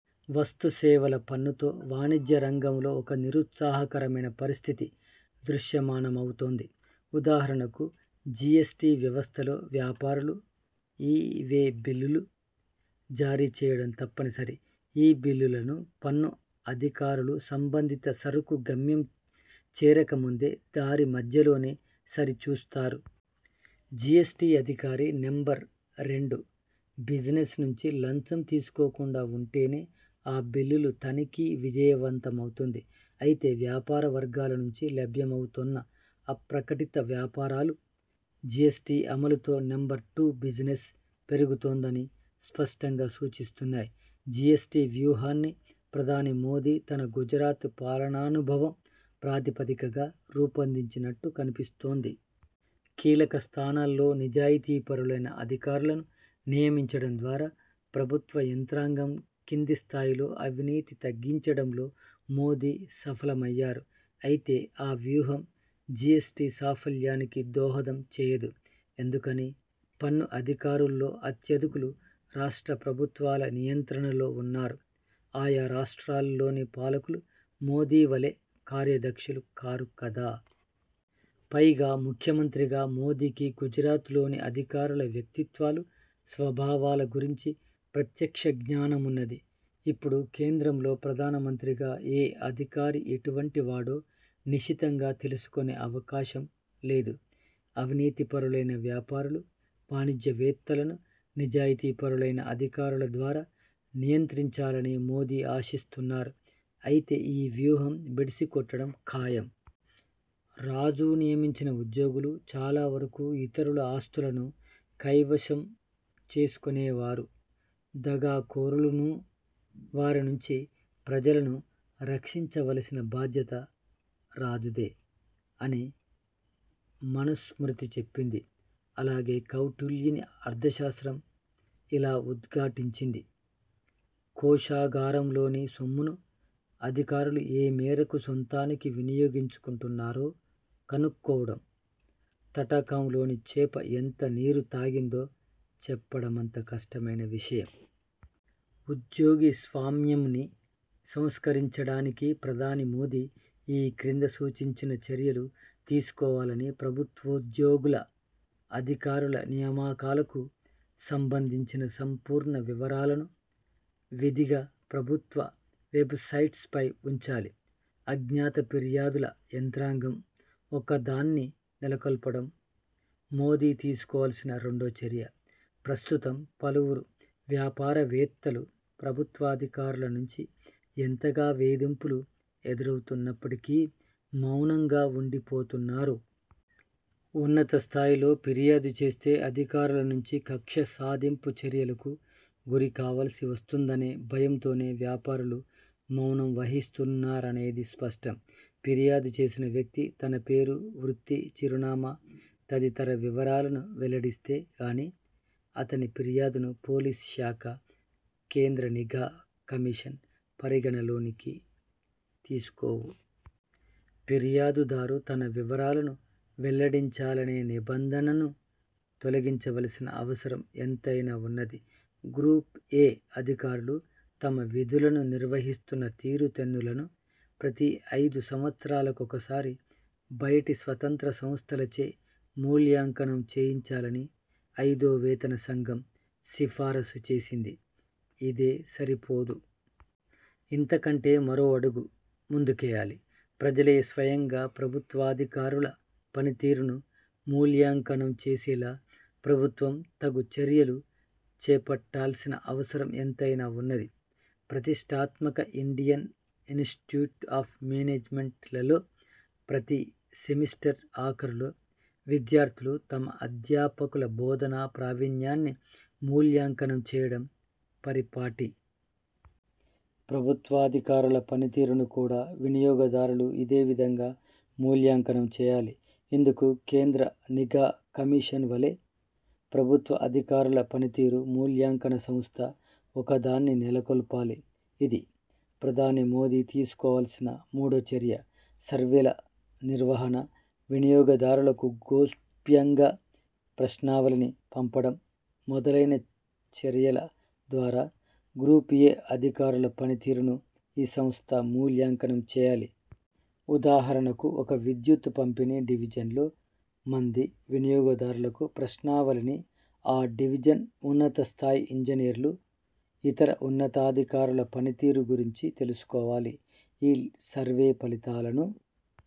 వస్తు సేవల పన్ను తో వాణిజ్య రంగంలో ఒక నిరుత్సాహకరమైన పరిస్థితి దృశ్యమానమవుతోంది. ఉదాహరణకు జీఎస్టీ వ్యవస్థలో వ్యాపారులు ఈ, వే బిల్లులు జారీ చేయడం తప్పనిసరి. ఆ బిల్లులను పన్ను అధికారులు సంబంధిత సరుకు గమ్యం చేరక ముందే దారి మధ్యలోనే సరి చూస్తారు. జీఎస్టీ అధికారి నెంబర్ రెండు బిజినెస్ నుంచి లంచం తీసుకోకుండా వుంటేనే ఆ బిల్లుల తనిఖీ విజయవంతమవుతుంది. అయితే వ్యాపార వర్గాల నుంచి లభ్యమవుతోన్న అప్రకటిత వివరాలు, జీఎస్టీ అమలుతో నెంబర్ టు బిజినెస్ పెరుగుతోందని స్పష్టంగా సూచిస్తున్నాయి. జీఎస్టీ వ్యూహాన్ని ప్రధాని మోదీ తన గుజరాత్ పాలనానుభవం ప్రాతిపదికగా రూపొందించినట్టు కన్పిస్తోంది. కీలక స్థానాల్లో నిజాయితీపరులైన అధికారులను నియమించడం ద్వారా ప్రభుత్వ యంత్రాంగం కింది స్థాయిలో అవినీతిని తగ్గించడంలో మోదీ సఫలమయ్యారు. అయితే ఆ వ్యూహం జీఎస్టీ సాఫల్యానికి దోహదం చేయదు. ఎందుకని? పన్ను అధికారుల్లో అత్యధికులు రాష్ట్ర ప్రభుత్వాల నియంత్రణలో వున్నారు. ఆయా రాష్ట్రాల్లోని పాలకులు మోదీ వలే కార్యదక్షులు కారు కదా. పైగా ముఖ్యమంత్రిగా మోదీకి గుజరాత్లోని అధికారుల వ్యక్తిత్వాలు, స్వభావాల గురించి ప్రత్యక్ష జ్ఞానమున్నది. ఇప్పుడు కేంద్రంలో ప్రధానమంత్రిగా ఏ అధికారి ఎటువంటి వాడో నిశితంగా తెలుసుకొనే అవకాశం లేదు. అవినీతిపరులైన వ్యాపారులు, వాణిజ్యవేత్తలను నిజాయితీపరులైన అధికారుల ద్వారా నియంత్రించాలని మోదీ ఆశిస్తున్నారు. అయితే ఈ వ్యూహం బెడిసి కొట్టడం ఖాయం. 'రాజు నియమించిన ఉద్యోగులు చాలావరకు ఇతరుల ఆస్తులను కైవశం చేసుకొనేవారూ, దగా కోరులూనూ వారి నుంచి ప్రజలను రక్షించవలసిన బాధ్యత రాజుదే' అని మనుస్మృతి చెప్పింది. అలాగే కౌటిల్యుని 'అర్థశాస్త్రం' ఇలా ఉద్ఘాటించింది 'కోశాగారంలోని సొమ్మును అధికారులు ఏ మేరకు సొంతానికి వినియోగించుకుంటున్నారో కనుక్కోవడం, తటాకంలోని చేప ఎంత నీరు తాగిందో చెప్పడమంత కష్టమైన విషయం'. ఉద్యోగి స్వామ్యంని సంస్కరించడానికి ప్రధాని మోదీ ఈ క్రింద సూచించిన చర్యలు తీసుకోవాలి. ప్రభుత్వోద్యోగుల, అధికారుల నియామకాలకు సంబంధించిన సంపూర్ణ వివరాలను విధిగా ప్రభుత్వ వెబ్సైట్పై వుంచాలి. అజ్ఞాత ఫిర్యాదుల యంత్రాంగం ఒకదాన్ని నెలకొల్పడం మోదీ తీసుకోవల్సిన రెండో చర్య. ప్రస్తుతం పలువురు వ్యాపార వేత్తలు ప్రభుత్వాధికారుల నుంచి ఎంతగా వేధింపులు ఎదురవుతున్నప్పటికీ మౌనంగా వుండిపోతున్నారు. ఉన్నత స్థాయిలో ఫిర్యాదు చేస్తే అధికారుల నుంచి కక్ష సాధింపు చర్యలకు గురి కావలసివస్తుందనే భయంతోనే వ్యాపారులు మౌనం వహిస్తున్నారనేది స్పష్టం. ఫిర్యాదు చేసిన వ్యక్తి తన పేరు, వృత్తి, చిరునామా తదితర వివరాలను వెల్లడిస్తే గానీ అతని ఫిర్యాదును పోలీసు శాఖ, కేంద్ర నిఘా కమిషన్ పరిగణనలోకి తీసుకోవు. ఫిర్యాదు దారు తన వివరాలను వెల్లడించాలనే నిబంధనను తొలగించవల్సిన అవసరం ఎంతైనా వున్నది. గ్రూప్ 'ఏ' అధికారులు తమ విధులను నిర్వహిస్తున్న తీరు తెన్నులను ప్రతి ఐదు సంవత్సరాలకొకసారి బయటి, స్వతంత్ర సంస్థలచే మూల్యాంకనం చేయించాలని ఐదో వేతన సంఘం సిఫారసు చేసింది. ఇదే సరిపోదు. ఇంతకంటే మరో అడుగు ముందుకేయాలి. ప్రజలే స్వయంగా ప్రభుత్వాధికారుల పని తీరును మూల్యాంకంనం చేసేలా ప్రభుత్వం తగు చర్యలు చేపట్టాల్సిన అవసరం ఎంతైనా వున్నది. ప్రతిష్ఠాత్మక ఇండియన్ ఇన్స్టిట్యూట్ ఆఫ్ మేనేజ్మెంట్ లలో ప్రతి సెమిస్టర్ ఆఖరులో విద్యార్థులు తమ అధ్యాపకుల బోధనా ప్రావీణ్యాన్ని మూల్యాంకనం చేయడం పరిపాటి. ప్రభుత్వాధికారుల పనితీరును కూడా వినియోగదారులు ఇదే విధంగా మూల్యాంకనం చేయాలి. ఇందుకు కేంద్ర నిఘా కమిషన్ వలే 'ప్రభుత్వ అధికారుల పనితీరు మూల్యాంకన సంస్థ' ఒకదాన్ని నెలకొల్పాలి. ఇది, ప్రధాని మోదీ తీసుకోవల్సిన మూడో చర్య. సర్వేల నిర్వహణ, వినియోగదారులకు గోప్యంగా ప్రశ్నావళిని పంపడం మొదలైన చర్యల ద్వారా గ్రూప్ 'ఏ' అధికారుల పని తీరును ఈ సంస్థ మూల్యాంకనం చేయాలి. ఉదాహరణకు ఒక విద్యుత్ పంపిణీ డివిజన్లో మంది వినియోగదారులకు ప్రశ్నావళిని ఆ డివిజన్ ఉన్నతస్థాయి ఇంజనీర్లు, ఇతర ఉన్నతాధికారుల పనితీరు గురించి తెలుసుకోవాలి. ఈ సర్వే ఫలితాలను